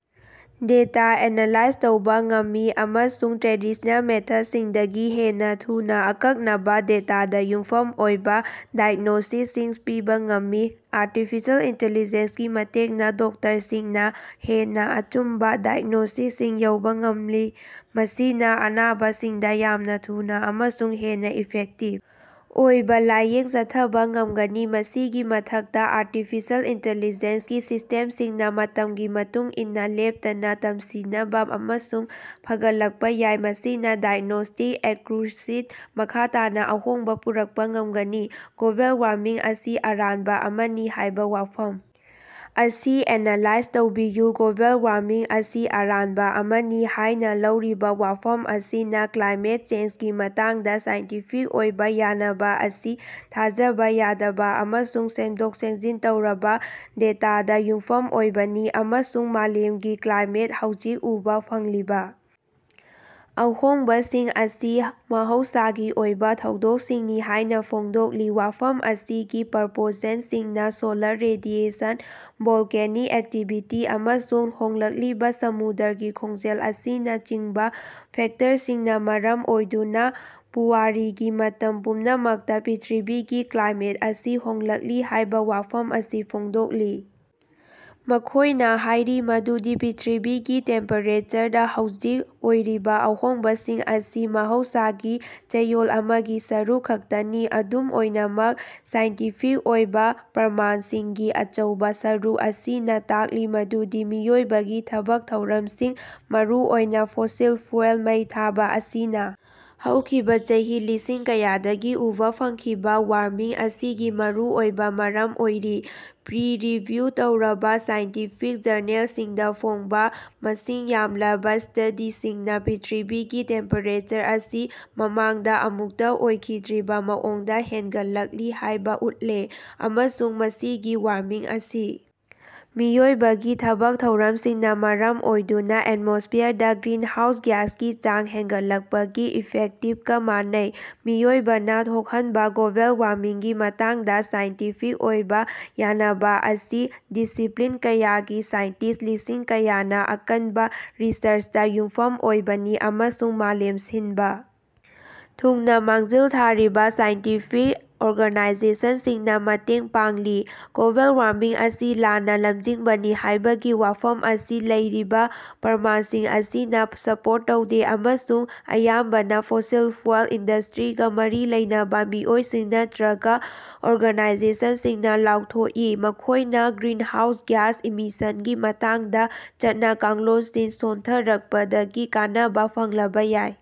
Data analyse ꯇꯧꯕ ꯉꯝꯃꯤ ꯑꯃꯁꯨꯡ ꯇ꯭ꯔꯦꯗꯤꯁ꯭ꯅꯦꯜ ꯃꯦꯊꯗꯁꯤꯡꯗꯒꯤ ꯍꯦꯟꯅ ꯊꯨꯅ ꯑꯀꯛꯅꯕ, ꯗꯦꯇꯥꯗ ꯌꯨꯝꯐꯝ ꯑꯣꯏꯕ ꯗꯥꯏꯒ꯭ꯅꯣꯁꯤꯁꯁꯤꯡ ꯄꯤꯕ ꯉꯝꯃꯤ꯫ ꯑꯥꯔꯇꯤꯐꯤꯁꯤꯑꯦꯜ ꯏꯟꯇꯤꯂꯤꯖꯦꯟꯁ ꯀꯤ ꯃꯇꯦꯡꯅ ꯗꯣꯛꯇꯔꯁꯤꯡꯅ ꯍꯦꯟꯅ ꯑꯆꯨꯝꯕ ꯗꯥꯏꯒ꯭ꯅꯣꯁꯤꯁꯁꯤꯡ ꯌꯧꯕ ꯉꯝꯂꯤ, ꯃꯁꯤꯅ ꯑꯅꯥꯕꯁꯤꯡꯗ ꯌꯥꯝꯅ ꯊꯨꯅ ꯑꯃꯁꯨꯡ ꯍꯦꯟꯅ ꯏꯐꯦꯛꯇꯤꯕ ꯑꯣꯏꯕ ꯂꯥꯌꯦꯡ ꯆꯠꯊꯕ ꯉꯝꯒꯅꯤ꯫ ꯃꯁꯤꯒꯤ ꯃꯊꯛꯇ, ꯑꯥꯔꯇꯤꯐꯤꯁꯤꯑꯦꯜ ꯏꯟꯇꯤꯂꯤꯖꯦꯟꯁ ꯀꯤ ꯁꯤꯁꯇꯦꯝꯁꯤꯡꯅ ꯃꯇꯝꯒꯤ ꯃꯇꯨꯡ ꯏꯟꯅ ꯂꯦꯞꯇꯅ ꯇꯝꯁꯤꯅꯕ ꯑꯃꯁꯨꯡ ꯐꯒꯠꯂꯛꯄ ꯌꯥꯏ, ꯃꯁꯤꯅ ꯗꯥꯏꯒ꯭ꯅꯣꯁꯇꯤꯛ ꯑꯦꯀ꯭ꯌꯨꯔꯦꯁꯤꯗ ꯃꯈꯥ ꯇꯥꯅ ꯑꯍꯣꯡꯕ ꯄꯨꯔꯛꯄ ꯉꯝꯒꯅꯤ꯫ ꯒ꯭ꯂꯣꯕꯦꯜ ꯋꯥꯔꯃꯤꯡ ꯑꯁꯤ ꯑꯔꯥꯟꯕ ꯑꯃꯅꯤ ꯍꯥꯏꯕ ꯋꯥꯐꯝ ꯑꯁꯤ ꯑꯦꯅꯥꯂꯥꯏꯖ ꯇꯧꯕꯤꯌꯨ꯫ ꯒ꯭ꯂꯣꯕꯦꯜ ꯋꯥꯔꯃꯤꯡ ꯑꯁꯤ ꯑꯔꯥꯟꯕ ꯑꯃꯅꯤ ꯍꯥꯏꯅ ꯂꯧꯔꯤꯕ ꯋꯥꯐꯝ ꯑꯁꯤꯅ ꯀ꯭ꯂꯥꯏꯃꯦꯠ ꯆꯦꯟꯖꯒꯤ ꯃꯇꯥꯡꯗ ꯁꯥꯏꯟꯇꯤꯐꯤꯛ ꯑꯣꯏꯕ ꯌꯥꯅꯕ ꯑꯁꯤ ꯊꯥꯖꯕ ꯌꯥꯗꯕ ꯑꯃꯁꯨꯡ ꯁꯦꯝꯗꯣꯛ-ꯁꯦꯝꯖꯤꯟ ꯇꯧꯔꯕ ꯗꯦꯇꯥꯗ ꯌꯨꯝꯐꯝ ꯑꯣꯏꯕꯅꯤ, ꯑꯃꯁꯨꯡ ꯃꯥꯂꯦꯝꯒꯤ ꯀ꯭ꯂꯥꯏꯃꯦꯠꯇ‌ ꯍꯧꯖꯤꯛ ꯎꯕꯥ ꯐꯪꯂꯤꯕ ꯑꯍꯣꯡꯕꯁꯤꯡ ꯑꯁꯤ ꯃꯍꯧꯁꯥꯒꯤ ꯑꯣꯏꯕ ꯊꯧꯗꯣꯛꯁꯤꯡꯅꯤ ꯍꯥꯏꯅ ꯐꯣꯡꯗꯣꯛꯂꯤ꯫ ꯋꯥꯐꯝ ꯑꯁꯤꯒꯤ ꯄ꯭ꯔꯣꯄꯣꯖꯦꯟꯇꯁꯤꯡꯅ ꯁꯣꯂꯥꯔ ꯔꯦꯗꯤꯑꯦꯁꯟ, ꯚꯣꯜꯀꯦꯅꯤꯛ ꯑꯦꯛꯇꯤꯚꯤꯇꯤ, ꯑꯃꯁꯨꯡ ꯍꯣꯡꯂꯛꯂꯤꯕ ꯁꯃꯨꯗ꯭ꯔꯒꯤ ꯈꯣꯡꯖꯦꯜ ꯑꯁꯤꯅꯆꯤꯡꯕ ꯐꯦꯛꯇꯔꯁꯤꯡꯅ ꯃꯔꯝ ꯑꯣꯏꯗꯨꯅ ꯄꯨꯋꯥꯔꯤꯒꯤ ꯃꯇꯝ ꯄꯨꯝꯅꯃꯛꯇ ꯄ꯭ꯔꯤꯊꯤꯕꯤꯒꯤ ꯀ꯭ꯂꯥꯏꯃꯦꯠ ꯑꯁꯤ ꯍꯣꯡꯂꯛꯂꯤ ꯍꯥꯏꯕ ꯋꯥꯐꯝ ꯑꯁꯤ ꯐꯣꯡꯗꯣꯛꯂꯤ꯫ ꯃꯈꯣꯏꯅ ꯍꯥꯏꯔꯤ ꯃꯗꯨꯗꯤ ꯄ꯭ꯔꯤꯊꯤꯕꯤꯒꯤ ꯇꯦꯝꯄꯦꯔꯦꯆꯔꯗ‌ ꯍꯧꯖꯤꯛ ꯑꯣꯏꯔꯤꯕ ꯑꯍꯣꯡꯕꯁꯤꯡ ꯑꯁꯤ ꯃꯍꯧꯁꯥꯒꯤ ꯆꯌꯣꯜ ꯑꯃꯒꯤ ꯁꯔꯨꯛ ꯈꯛꯇꯅꯤ꯫ ꯑꯗꯨꯝ ꯑꯣꯏꯅꯃꯛ, ꯁꯥꯏꯟꯇꯤꯐꯤꯛ ꯑꯣꯏꯕ ꯄ꯭ꯔꯃꯥꯟꯁꯤꯡꯒꯤ ꯑꯆꯧꯕ ꯁꯔꯨꯛ ꯑꯁꯤꯅ ꯇꯥꯛꯂꯤ ꯃꯗꯨꯗꯤ ꯃꯤꯑꯣꯏꯕꯒꯤ ꯊꯕꯛ ꯊꯧꯔꯝꯁꯤꯡ, ꯃꯔꯨꯑꯣꯏꯅ ꯐꯣꯁꯤꯜ ꯐ꯭ꯌꯨꯑꯦꯜ ꯃꯩ ꯊꯥꯕ ꯑꯁꯤꯅ ꯍꯧꯈꯤꯕ ꯆꯍꯤ ꯂꯤꯁꯤꯡ ꯀꯌꯥꯗꯒꯤ ꯎꯕꯥ ꯐꯪꯈꯤꯕ ꯋꯥꯔꯃꯤꯡ ꯑꯁꯤꯒꯤ ꯃꯔꯨꯑꯣꯏꯕ ꯃꯔꯝ ꯑꯣꯏꯔꯤ꯫ ꯄꯤꯌꯔ-ꯔꯤꯚꯤꯌꯨ ꯇꯧꯔꯕ ꯁꯥꯏꯟꯇꯤꯐꯤꯛ ꯖꯔꯅꯦꯜꯁꯤꯡꯗ ꯐꯣꯡꯕ‌ ꯃꯁꯤꯡ ꯌꯥꯝꯂꯕ ꯁ꯭ꯇꯗꯤꯁꯤꯡꯅ ꯄ꯭ꯔꯤꯊꯤꯕꯤꯒꯤ ꯇꯦꯝꯄꯦꯔꯦꯆꯔ ꯑꯁꯤ ꯃꯃꯥꯡꯗ ꯑꯃꯨꯛꯇ ꯑꯣꯏꯈꯤꯗ꯭ꯔꯤꯕ ꯃꯑꯣꯡꯗ ꯍꯦꯟꯒꯠꯂꯛꯂꯤ ꯍꯥꯏꯕ ꯎꯠꯂꯦ, ꯑꯃꯁꯨꯡ ꯃꯁꯤꯒꯤ ꯋꯥꯔꯃꯤꯡ ꯑꯁꯤ ꯃꯤꯑꯣꯏꯕꯒꯤ ꯊꯕꯛ ꯊꯧꯔꯝꯁꯤꯡꯅ ꯃꯔꯝ ꯑꯣꯏꯗꯨꯅ ꯑꯦꯠꯃꯣꯁ꯭ꯐꯤꯌꯔꯗ ꯒ꯭ꯔꯤꯟꯍꯥꯎꯁ ꯒ꯭ꯌꯥꯁꯀꯤ ꯆꯥꯡ ꯍꯦꯟꯒꯠꯂꯛꯄꯒꯤ ꯏꯐꯦꯛꯇꯁꯤꯡꯒ ꯃꯥꯟꯅꯩ꯫ ꯃꯤꯑꯣꯏꯕꯅ ꯊꯣꯛꯍꯟꯕ ꯒ꯭ꯂꯣꯕꯦꯜ ꯋꯥꯔꯃꯤꯡꯒꯤ ꯃꯇꯥꯡꯗ ꯁꯥꯏꯟꯇꯤꯐꯤꯛ ꯑꯣꯏꯕ‌ ꯌꯥꯅꯕ ꯑꯁꯤ ꯗꯤꯁꯤꯄ꯭ꯂꯤꯟ ꯀꯌꯥꯒꯤ ꯁꯥꯏꯟꯇꯤꯁꯠ ꯂꯤꯁꯤꯡ ꯀꯌꯥꯅ ꯑꯀꯟꯕ ꯔꯤꯁꯔꯆꯇ ꯌꯨꯝꯐꯝ ꯑꯣꯏꯕꯅꯤ, ꯑꯃꯁꯨꯡ ꯃꯥꯂꯦꯝ ꯁꯤꯟꯕ ꯊꯨꯡꯅ ꯃꯥꯡꯖꯤꯜ ꯊꯥꯔꯤꯕ ꯁꯥꯏꯟꯇꯤꯐꯤꯛ ꯑꯣꯔꯒꯥꯅꯥꯏꯖꯦꯁꯟꯁꯤꯡꯅ‌ ꯃꯇꯦꯡ ꯄꯥꯡꯂꯤ꯫ ꯒ꯭ꯂꯣꯕꯦꯜ ꯋꯥꯔꯃꯤꯡ ꯑꯁꯤ ꯂꯥꯟꯅ ꯂꯝꯖꯤꯡꯕꯅꯤ ꯍꯥꯏꯕꯒꯤ ꯋꯥꯐꯝ ꯑꯁꯤ ꯂꯩꯔꯤꯕ ꯄ꯭ꯔꯃꯥꯟꯁꯤꯡ ꯑꯁꯤꯅ ꯁꯄꯣꯔꯠ ꯇꯧꯗꯦ ꯑꯃꯁꯨꯡ ꯑꯌꯥꯝꯕꯅ ꯐꯣꯁꯤꯜ ꯐ꯭ꯌꯨꯑꯦꯜ ꯏꯟꯗꯁꯇ꯭ꯔꯤꯒ‌ ꯃꯔꯤ ꯂꯩꯅꯕ ꯃꯤꯑꯣꯏꯁꯤꯡ ꯅꯠꯇꯔꯒ ꯑꯣꯔꯒꯅꯥꯏꯖꯦꯁꯟꯁꯤꯡꯅ ꯂꯥꯎꯊꯣꯛꯏ, ꯃꯈꯣꯏꯅ ꯒ꯭ꯔꯤꯟꯍꯥꯎꯁ ꯒ꯭ꯌꯥꯁ ꯏꯃꯤꯁꯟꯒꯤ ꯃꯇꯥꯡꯗ ꯆꯠꯅ-ꯀꯥꯡꯂꯣꯟꯁꯤꯡ ꯁꯣꯟꯊꯔꯛꯄꯗꯒꯤ ꯀꯥꯟꯅꯕ ꯐꯪꯂꯕ ꯌꯥꯏ꯫